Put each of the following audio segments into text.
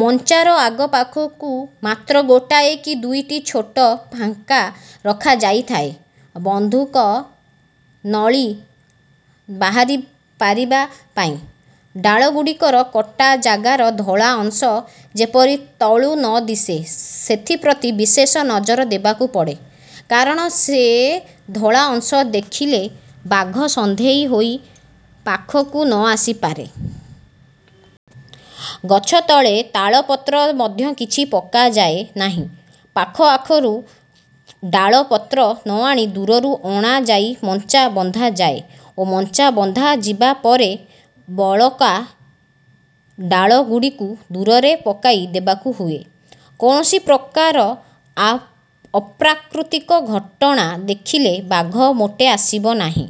ମଞ୍ଚାର ଆଗ ପାଖକୁ ମାତ୍ର ଗୋଟାଏ କି ଦୁଇଟି ଛୋଟ ଫାଙ୍କା ରଖାଯାଇଥାଏ ବନ୍ଧୁକ ନଳି ବାହାରିପାରିବା ପାଇଁ। ଡାଳଗୁଡ଼ିକର କଟା ଜାଗାର ଧଳା ଅଂଶ ଯେପରି ତଳୁ ନ ଦିଶେ ସେଥିପ୍ରତି ବିଶେଷ ନଜର ଦେବାକୁ ପଡ଼େ; କାରଣ ସେ ଧଳା ଅଂଶ ଦେଖିଲେ ବାଘ ସନ୍ଦେହୀ ହୋଇ ପାଖକୁ ନ ଆସିପାରେ। ଗଛ ତଳେ ଡାଳପତ୍ର ମଧ୍ୟ କିଛି ପକାଯାଏ ନାହିଁ-ପାଖଆଖରୁ ଡାଳପତ୍ର ନଆଣି ଦୂରରୁ ଅଣାଯାଇ ମଞ୍ଚା ବନ୍ଧାଯାଏ ଓ ମଞ୍ଚା ବନ୍ଧାଯିବା ପରେ ବଳକା ଡାଳଗୁଡ଼ିକୁ ଦୂରରେ ପକାଇ ଦେବାକୁ ହୁଏ। କୌଣସି ପ୍ରକାର ଅପ୍ରାକୃତିକ ଘଟଣା ଦେଖିଲେ ବାଘ ମୋଟେ ଆସିବ ନାହିଁ।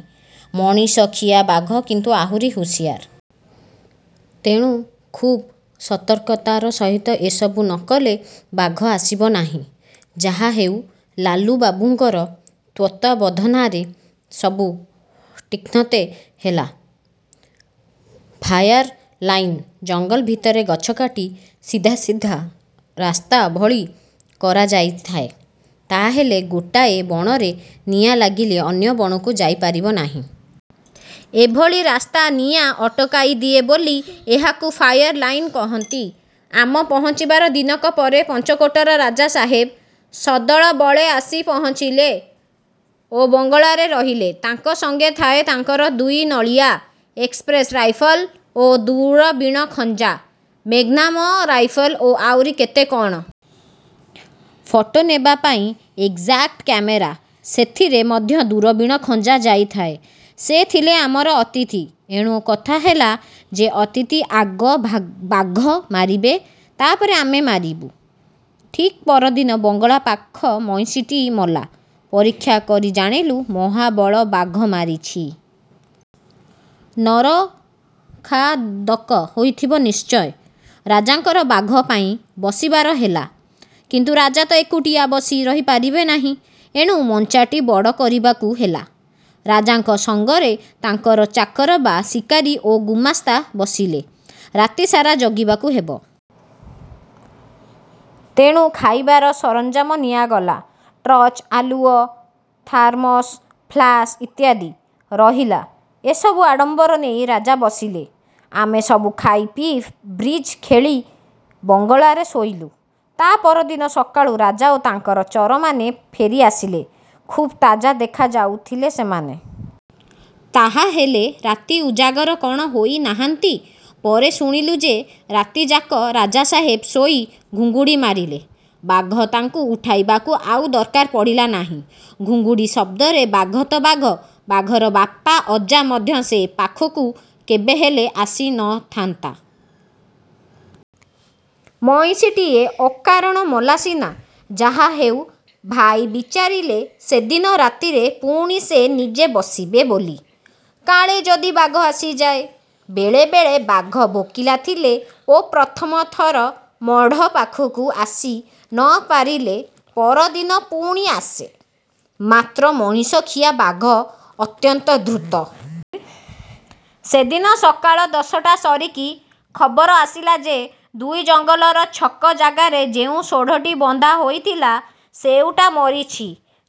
ମଣିଷଖିଆ ବାଘ କିନ୍ତୁ ଆହୁରି ହୁସିଆର। ତେଣୁ ଖୁବ୍ ସତର୍କତାର ସହିତ ଏସବୁ ନ କଲେ ବାଘ ଆସିବ ନାହିଁ। ଯାହାହେଉ ଲାଲୁବାବୁଙ୍କର ତତ୍ତ୍ୱାବଧାନରେ ସବୁ ଠିକ୍ମତେ ହେଲା। ଫାୟାର ଲାଇନ-ଜଙ୍ଗଲ ଭିତରେ ଗଛ କାଟି ସିଧା ସିଧା ରାସ୍ତା ଭଳି କରାଯାଇଥାଏ। ତା'ହେଲେ ଗୋଟାଏ ବଣରେ ନିଆଁ ଲାଗିଲେ ଅନ୍ୟ ବଣକୁ ଯାଇପାରିବ ନାହିଁ। ଏଭଳି ରାସ୍ତା ନିଆଁ ଅଟକାଇ ଦିଏ ବୋଲି, ଏହାକୁ ଫାୟାର ଲାଇନ କହନ୍ତି। ଆମ ପହଞ୍ଚିବାର ଦିନକ ପରେ ପଞ୍ଚକୋଟର ରାଜା ସାହେବ ସଦଳବଳେ ଆସି ପହଞ୍ଚିଲେ ଓ ବଙ୍ଗଳାରେ ରହିଲେ। ତାଙ୍କ ସଙ୍ଗେ ଥାଏ ତାଙ୍କର ଦୁଇନଳିଆ. ଏକ୍ସପ୍ରେସ୍ ରାଇଫଲ ଓ ଦୂରବିଣ ଖଞ୍ଜା. ମେଗ୍ନାମ ରାଇଫଲ ଓ ଆହୁରି କେତେ କ'ଣ। ଫଟୋ ନେବା ପାଇଁ ଏଗ୍ଯାକ୍ଟା କାମେରା; ସେଥିରେ ମଧ୍ୟ ଦୂରବିଣ ଖଞ୍ଜା ଯାଇଥାଏ। ସେ ଥିଲେ ଆମର ଅତିଥି। ଏଣୁ କଥା ହେଲା ଯେ ଅତିଥି ଆଗ ବାଘ ମାରିବେ-ତା'ପରେ ଆମେ ମାରିବୁ। ଠିକ୍ ପରଦିନ ବଙ୍ଗଳା ପାଖ ମଇଁଷିଟି ମଲା। ପରୀକ୍ଷା କରି ଜାଣିଲୁ-ମହାବଳ ବାଘ ମାରିଛି। ନରଖାଦକ ହୋଇଥିବ ନିଶ୍ଚୟ। ରାଜାଙ୍କର ବାଘ ପାଇଁ ବସିବାର ହେଲା। କିନ୍ତୁ ରାଜା ତ ଏକୁଟିଆ ବସି ରହିପାରିବେ ନାହିଁ। ଏଣୁ ମଞ୍ଚାଟି ବଡ଼ କରିବାକୁ ହେଲା। ରାଜାଙ୍କ ସଙ୍ଗରେ ତାଙ୍କର ଚାକର ବା ଶିକାରୀ ଓ ଗୁମାସ୍ତା ବସିଲେ। ରାତି ସାରା ଜଗିବାକୁ ହେବ। ତେଣୁ ଖାଇବାର ସରଞ୍ଜାମ ନିଆଗଲା। ଟର୍ଚ୍ଚ ଆଲୁଅ, ଥାରମସ-ଫ୍ଲାସ ଇତ୍ୟାଦି। ରହିଲା। ଏସବୁ ଆଡ଼ମ୍ବର ନେଇ ରାଜା ବସିଲେ। ଆମେ ସବୁ ଖାଇ ପିଇ ବ୍ରିଜ ଖେଳି ବଙ୍ଗଳାରେ ଶୋଇଲୁ। ତା' ପରଦିନ ସକାଳୁ ରାଜା ଓ ତାଙ୍କ ଚରମାନେ ଫେରିଆସିଲେ। ଖୁବ୍ ତାଜା ଦେଖାଯାଉଥିଲେ ସେମାନେ। ତାହାହେଲେ ରାତି ଉଜାଗର କ'ଣ ହୋଇନାହାନ୍ତି? ପରେ ଶୁଣିଲୁ ଯେ ରାତିଯାକ ରାଜାସାହେବ ଶୋଇ ଘୁଙ୍ଗୁଡ଼ି ମାରିଲେ। ବାଘ ତାଙ୍କୁ ଉଠାଇବାକୁ ଆଉ ଦରକାର ପଡ଼ିଲା ନାହିଁ। ଘୁଙ୍ଗୁଡ଼ି ଶବ୍ଦରେ ବାଘ ତ ବାଘ, ବାଘର ବାପା ଅଜା ମଧ୍ୟ ସେ ପାଖକୁ କେବେହେଲେ ଆସି ନ ଥାନ୍ତା। ମଇଁଷିଟିଏ ଅକାରଣ ମଲା ସିନା! ଯାହାହେଉ ଭାଇ ବିଚାରିଲେ ସେଦିନ ରାତିରେ ପୁଣି ସେ ନିଜେ ବସିବେ ବୋଲି। କାଳେ ଯଦି ବାଘ ଆସିଯାଏ! ବେଳେବେଳେ ବାଘ ଭୋକିଲା ଥିଲେ ଓ ପ୍ରଥମଥର ମଢ଼ ପାଖକୁ ଆସି ନ ପାରିଲେ ପରଦିନ ପୁଣି ଆସେ। ମାତ୍ର ମଣିଷଖିଆ ବାଘ ଅତ୍ୟନ୍ତ ଧୂର୍ତ୍ତ। ସେଦିନ ସକାଳ ଦଶଟା ସରିକି ଖବର ଆସିଲା ଯେ ଦୁଇ ଜଙ୍ଗଲର ଛକ ଜାଗାରେ ଯେଉଁ ପୋଢ଼ଟି ବନ୍ଧା ହୋଇଥିଲା ସେଉଟା ମରିଛି।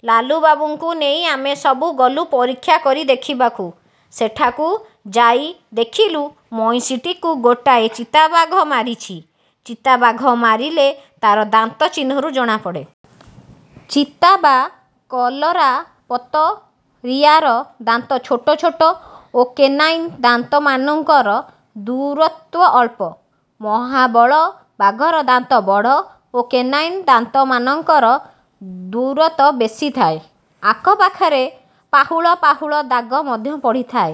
ଲାଲୁବାବୁଙ୍କୁ ନେଇ ଆମେ ସବୁ ଗଲୁ ପରୀକ୍ଷା କରି ଦେଖିବାକୁ। ସେଠାକୁ ଯାଇ ଦେଖିଲୁ ମଇଁଷିଟିକୁ ଗୋଟାଏ ଚିତାବାଘ ମାରିଛି। ଚିତାବାଘ ମାରିଲେ ତା'ର ଦାନ୍ତ ଚିହ୍ନରୁ ଜଣାପଡ଼େ। ଚିତା ବା କଲରାପତରିଆର ଦାନ୍ତ ଛୋଟ ଛୋଟ ଓ କେନାଇନ୍ ଦାନ୍ତମାନଙ୍କର ଦୂରତ୍ୱ ଅଳ୍ପ। ମହାବଳ ବାଘର ଦାନ୍ତ ବଡ଼ ଓ କେନାଇନ୍ ଦାନ୍ତମାନଙ୍କର ଦ୍ୱରତ୍ୱ ବେଶି ଥାଏ,। ଆଖ ପାଖରେ ପାହୁଲ ପାହୁଲ ଦାଗ ମଧ୍ୟ ପଡ଼ିଥାଏ।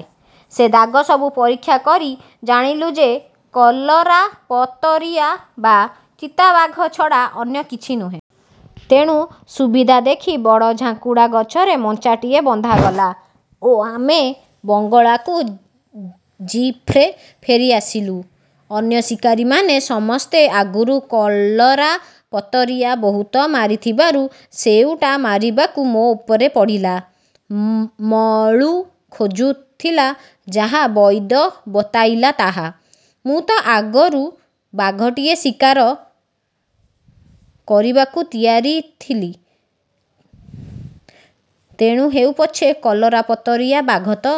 ସେ ଦାଗ ସବୁ ପରୀକ୍ଷା କରି ଜାଣିଲୁ ଯେ କଲରାପତରିଆ ବା ଚିତାବାଘ ଛଡ଼ା ଅନ୍ୟ କିଛି ନୁହେଁ। ତେଣୁ ସୁବିଧା ଦେଖି ବଡ଼ ଝାଙ୍କୁଡ଼ା ଗଛରେ ମଞ୍ଚାଟିଏ ବନ୍ଧାଗଲା ଓ ଆମେ ବଙ୍ଗଳାକୁ ଜିପ୍ରେ ଫେରିଆସିଲୁ। ଅନ୍ୟ ଶିକାରୀମାନେ ସମସ୍ତେ ଆଗରୁ କଲରାପତରିଆ ବହୁତ ମାରିଥିବାରୁ ସେଉଟା ମାରିବାକୁ ମୋ ଉପରେ ପଡ଼ିଲା। ମଳୁ ଖୋଜୁଥିଲା ଯାହା ବଇଦ ବତାଇଲା ତାହା। ମୁଁ ତ ଆଗରୁ ବାଘଟିଏ ଶିକାର କରିବାକୁ ତିଆର ଥିଲି-ତେଣୁ ହେଉ ପଛେ କଲରାପତରିଆ-ବାଘ ତ!